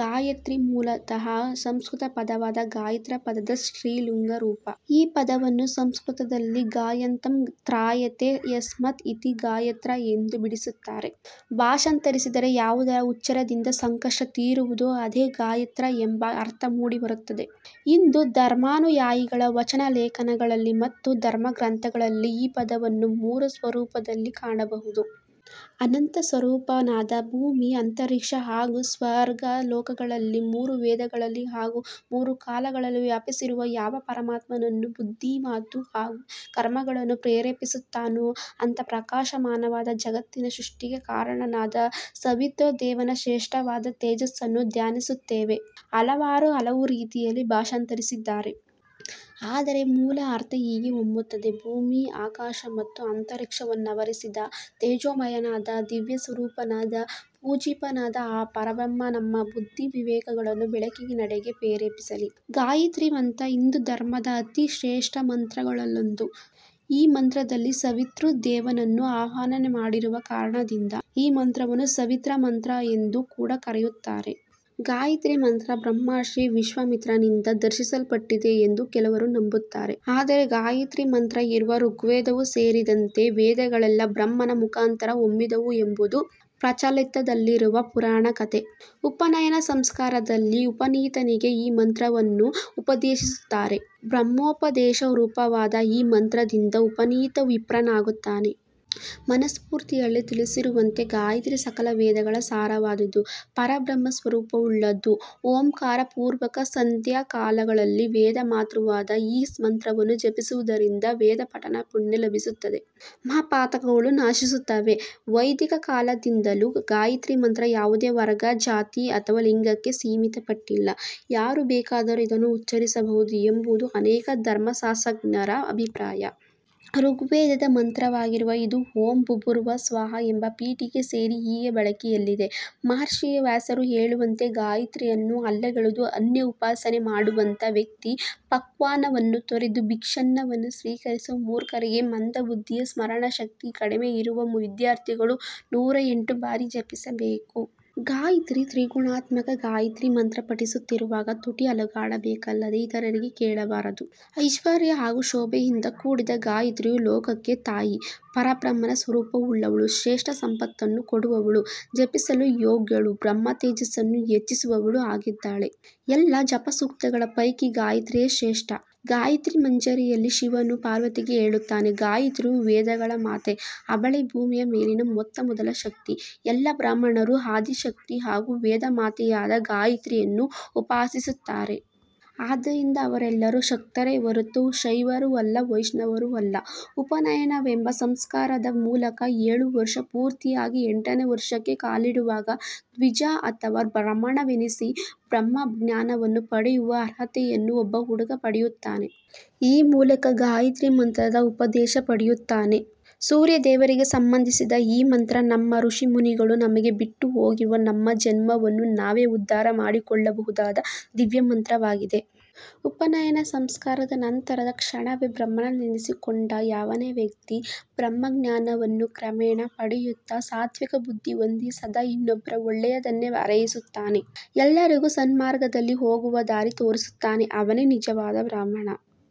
ಗಾಯತ್ರಿ ಮೂಲತಃ ಸಂಸ್ಕೃತ ಪದವಾದ ಗಾಯತ್ರ ಪದದ ಸ್ತ್ರೀಲಿಂಗ ರೂಪ. ಈ ಪದವನ್ನು ಸಂಸ್ಕೃತದಲ್ಲಿ ಗಾಯಂತಮ್ ತ್ರಾಯತೇ ಯಸ್ಮಾತ್ ಇತಿ ಗಾಯತ್ರಾ ಎಂದು ಬಿಡಿಸುತ್ತಾರೆ. ಭಾಷಾಂತರಿಸಿದರೆ ಯಾವುದರ ಉಚ್ಚಾರದಿಂದ ಸಂಕಷ್ಟ ತೀರುವುದೊ ಅದೆ ಗಾಯತ್ರ ಎಂಬ ಅರ್ಥ ಮೂಡಿ ಬರುತ್ತದೆ. ಹಿಂದೂ ಧರ್ಮಾನುಯಾಯಿಗಳ ವಚನ ಲೇಖನಗಳಲ್ಲಿ ಮತ್ತು ಧರ್ಮ ಗ್ರಂಥಗಳಲ್ಲಿ ಈ ಪದವನ್ನು ಮೂರು ಸ್ವರೂಪದಲ್ಲಿ ಕಾಣಬಹುದು. ಅನಂತ ಸ್ವರೂಪನಾದ ಭೂಮಿ, ಅಂತರಿಕ್ಷ ಹಾಗೂ ಸ್ವರ್ಗ ಲೋಕಗಳಲ್ಲಿ ಮೂರು ವೇದಗಳಲ್ಲಿ ಹಾಗೂ ಮೂರು ಕಾಲಗಳಲ್ಲಿ ವ್ಯಾಪಿಸಿರುವ ಯಾವ ಪರಮಾತ್ಮನನ್ನು ಬುದ್ಧಿ, ಮಾತು ಹಾಗೂ ಕರ್ಮಗಳನ್ನು ಪ್ರೇರೇಪಿಸುತ್ತಾನೋ ಅಂಥ ಪ್ರಕಾಶ ಮಾನವಾದ ಜಗತ್ತಿನ ಸೃಷ್ಟಿಗೆ ಕಾರಣನಾದ ಸವಿತೃ ದೇವನ ಶ್ರೇಷ್ಠವಾದ ತೇಜಸ್ಸನ್ನು ಧ್ಯಾನಿಸುತ್ತೇವೆ. ಹಲವರು ಹಲವು ರೀತಿಯಲ್ಲಿ ಭಾಷಾಂತರಿಸಿದ್ದಾರೆ. ಆದರೆ ಮೂಲ ಅರ್ಥ ಹೀಗೆ ಹೊಮ್ಮುತ್ತದೆ. ಭೂಮಿ ಆಕಾಶ ಮತ್ತು ಅಂತರಿಕ್ಷವನ್ನಾವರಿಸಿದ ತೇಜೋಮಯನಾದ, ದಿವ್ಯ ಸ್ವರೂಪನಾದ, ಪೂಜಿಪನಾದ ಆ ಪರಬ್ರಹ್ಮನಮ್ಮ ಬುದ್ಧಿ ವಿವೇಕಗಳನ್ನು ಬೆಳಕಿನೆಡೆಗೆ ಪ್ರೇರಿಸಲಿ *ಗಾಯತ್ರೀ ಮಂತ್ರ ಹಿಂದೂ ಧರ್ಮದ ಅತಿ ಶ್ರೇಷ್ಠ ಮಂತ್ರಗಳಲ್ಲೊಂದು. ಈ ಮಂತ್ರದಲ್ಲಿ ಸವಿತೃ ದೇವನನ್ನು ಆವಾಹನೆ ಮಾಡಿರುವ ಕಾರಣದಿಂದ, ಈ ಮಂತ್ರವನ್ನು ಸಾವಿತ್ರ ಮಂತ್ರ ಎಂದು ಕೂಡ ಕರೆಯುತ್ತಾರೆ. ಗಾಯತ್ರೀ ಮಂತ್ರ ಬ್ರಹ್ಮರ್ಷಿ ವಿಶ್ವಾಮಿತ್ರನಿಂದ ದರ್ಶಿಸಲ್ಪಟ್ಟಿದೆ ಎಂದು ಕೆಲವರು ನಂಬುತ್ತಾರೆ. ಆದರೆ ಗಾಯತ್ರೀ ಮಂತ್ರ ಇರುವ ಋಗ್ವೇದವೂ ಸೇರಿದಂತೆ, ವೇದಗಳೆಲ್ಲ ಬ್ರಹ್ಮನ ಮುಖಾಂತರ ಹೊಮ್ಮಿದವು ಎಂಬುದು ಪ್ರಚಲಿತದಲ್ಲಿರುವ ಪುರಾಣ ಕಥೆ. *ಉಪನಯನ ಸಂಸ್ಕಾರದಲ್ಲಿ ಉಪನೀತನಿಗೆ ಈ ಮಂತ್ರವನ್ನು ಉಪದೇಶಿಸುತ್ತಾರೆ. ಬ್ರಹ್ಮೋಪದೇಶ ರೂಪವಾದ ಈ ಮಂತ್ರದಿಂದ ಉಪನೀತ ವಿಪ್ರನಾಗುತ್ತಾನೆ. ಮನುಸ್ಮೃತಿಯಲ್ಲಿ ತಿಳಿಸಿರುವಂತೆ ಗಾಯತ್ರಿ ಸಕಲ ವೇದಗಳ ಸಾರವಾದುದು, ಪರಬ್ರಹ್ಮ ಸ್ವರೂಪವುಳ್ಳದ್ದು. ಓಂಕಾರಪುರ್ವಕ ಸಂಧ್ಯಾಕಾಲಗಳಲ್ಲಿ ವೇದಮಾತೃವಾದ ಈ ಮಂತ್ರವನ್ನು ಜಪಿಸುವುದರಿಂದ ವೇದಪಠನ ಪುಣ್ಯ ಲಭಿಸುತ್ತದೆ, ಮಹಾಪಾತಕಗಳು ನಶಿಸುತ್ತವೆ. *ವೈದಿಕ ಕಾಲದಿಂದಲೂ ಗಾಯತ್ರಿ ಮಂತ್ರ ಯಾವುದೆ ವರ್ಗ, ಜಾತಿ ಅಥವಾ ಲಿಂಗಕ್ಕೆ ಸೀಮಿತಪಟ್ಟಿಲ್ಲ ಯಾರು ಬೇಕಾದರು ಇದನ್ನು ಉಚ್ಚರಿಸಬಹುದು ಎಂಬುವುದು ಅನೇಕ ಧರ್ಮಶಾಸ್ತ್ರಜ್ಞರ ಅಭಿಪ್ರಾಯ. ಋಗ್ವೇದದದ ಮಂತ್ರವಾಗಿರುವ ಇದು, "ಓಂ ಭೂರ್ಭುವಃ ಸ್ವಃ" ಎಂಬ ಪೀಠಿಕೆ ಸೇರಿ ಹೀಗೆ ಬಳಕೆಯಲ್ಲಿದೆ. ಮಹರ್ಷಿ ವ್ಯಾಸರು ಹೇಳುವಂತೆ ಗಾಯತ್ರಿಯನ್ನು ಅಲ್ಲಗಳೆದು ಅನ್ಯ ಉಪಾಸನೆ ಮಾಡುವಂಥ ವ್ಯಕ್ತಿ ಪಕ್ವಾನ್ನವನ್ನು ತೊರೆದು ಭಿಕ್ಷಾನ್ನವನ್ನು ಸ್ವೀಕರಿಸುವ ಮೂರ್ಖರಿಗೆ ಮಂದ ಬುದ್ಧಿಯ ಸ್ಮರಣ ಶಕ್ತಿ ಕಡಿಮೆ ಇರುವ ವಿದ್ಯಾರ್ಥಿಗಳು ನೂರ ಎಂಟು ಬಾರಿ ಜಪಿಸಬೇಕು. ಗಾಯತ್ರಿ ತ್ರಿಗುಣಾತ್ಮಕ ಗಾಯತ್ರಿ ಮಂತ್ರ ಪಠಿಸುತ್ತಿರುವಾಗ ತುಟಿ ಅಲುಗಾಡಬೇಕಲ್ಲದೆ ಇತರರಿಗೆ ಕೇಳಬಾರದು. *ಐಶ್ವರ್ಯ ಹಾಗೂ ಶೋಭೆಯಿಂದ ಕೂಡಿದ ಗಾಯತ್ರಿಯು ಲೋಕಕ್ಕೆ ತಾಯಿ. ಪರಬ್ರಹ್ಮನ ಸ್ವರೂಪವುಳ್ಳವಳು, ಶ್ರೇಷ್ಠ ಸಂಪತ್ತನ್ನು ಕೊಡುವವಳು, ಜಪಿಸಲು ಯೋಗ್ಯಳು, ಬ್ರಹ್ಮತೇಜಸ್ಸನ್ನು ಹೆಚ್ಚಿಸುವವಳು ಆಗಿದ್ದಾಳೆ. ಎಲ್ಲ ಜಪಸೂಕ್ತಗಳ ಪೈಕಿ ಗಾಯತ್ರಿಯೇ ಶ್ರೇಷ್ಠ. ಗಾಯತ್ರಿ ಮಂಜರಿಯಲ್ಲಿ ಶಿವನು ಪಾರ್ವತಿಗೆ ಹೇಳುತ್ತಾನೆ ಗಾಯತ್ರಿಯು ವೇದಗಳ ಮಾತೆ ಅವಳೇ ಭೂಮಿಯ ಮೇಲಿನ ಮೊತ್ತ ಮೊದಲ ಶಕ್ತಿ, ಎಲ್ಲಾ ಬ್ರಾಹ್ಮಣರು ಆದಿ ಶಕ್ತಿ ಹಾಗೂ ವೇದಮಾತೆಯಾದ ಗಾಯತ್ರಿಯನ್ನು ಉಪಾಸಿಸುತ್ತಾರೆ. ಆದ್ದರಿಂದ ಅವರೆಲ್ಲರೂ ಶಕ್ತರೇ ಹೊರತು ಶೈವರೂ ಅಲ್ಲ ವೈಷ್ಣವರೂ ಅಲ್ಲ. ಉಪನಯನವೆಂಬ ಸಂಸ್ಕಾರದ ಮೂಲಕ ಏಳು ವರ್ಷ ಪೂರ್ತಿಯಾಗಿ ಎಂಟನೇ ವರ್ಷಕ್ಕೆ ಕಾಲಿಡುವಾಗ ದ್ವಿಜ ಅಥವಾ ಬ್ರಾಹ್ಮಣನೆನಿಸಿ ಬ್ರಹ್ಮಜ್ಞಾನವನ್ನು ಪಡೆಯುವ ಅರ್ಹತೆಯನ್ನು ಒಬ್ಬ ಹುಡುಗ ಪಡೆಯುತ್ತಾನೆ. ಈ ಮೂಲಕ ಗಾಯತ್ರಿ ಮಂತ್ರದ ಉಪದೇಶ ಪಡೆಯುತ್ತಾನೆ. ಸೂರ್ಯ ದೇವರಿಗೆ ಸಂಬಂಧಿಸಿದ ಈ ಮಂತ್ರ ನಮ್ಮ ಋಷಿಮುನಿಗಳು ನಮಗೆ ಬಿಟ್ಟು ಹೋಗಿರುವ ನಮ್ಮ ಜನ್ಮವನ್ನು ನಾವೇ ಉದ್ಧಾರ ಮಾಡಿಕೊಳ್ಳಬಹುದಾದ ದಿವ್ಯಮಂತ್ರವಾಗಿದೆ. ಉಪನಯನ ಸಂಸ್ಕಾರದ ನಂತರದ ಕ್ಷಣವೇ ಬ್ರಾಹ್ಮಣನೆನಿಸಿಕೊಂಡ ಯಾವನೇ ವ್ಯಕ್ತಿ ಬ್ರಹ್ಮಜ್ಞಾನವನ್ನು ಕ್ರಮೇಣ ಪಡೆಯುತ್ತಾ, ಸಾತ್ವಿಕ ಬುದ್ಧಿ ಹೊಂದಿ ಸದಾ ಇನ್ನೊಬ್ಬರ ಒಳ್ಳೆಯದನ್ನೇ ಹಾರೈಸುತ್ತಾನೆ. ಎಲ್ಲರಿಗೂ ಸನ್ಮಾರ್ಗದಲ್ಲಿ ಹೋಗುವ ದಾರಿ ತೋರಿಸುತ್ತಾನೆ. ಅವನೇ ನಿಜವಾದ ಬ್ರಾಹ್ಮಣ.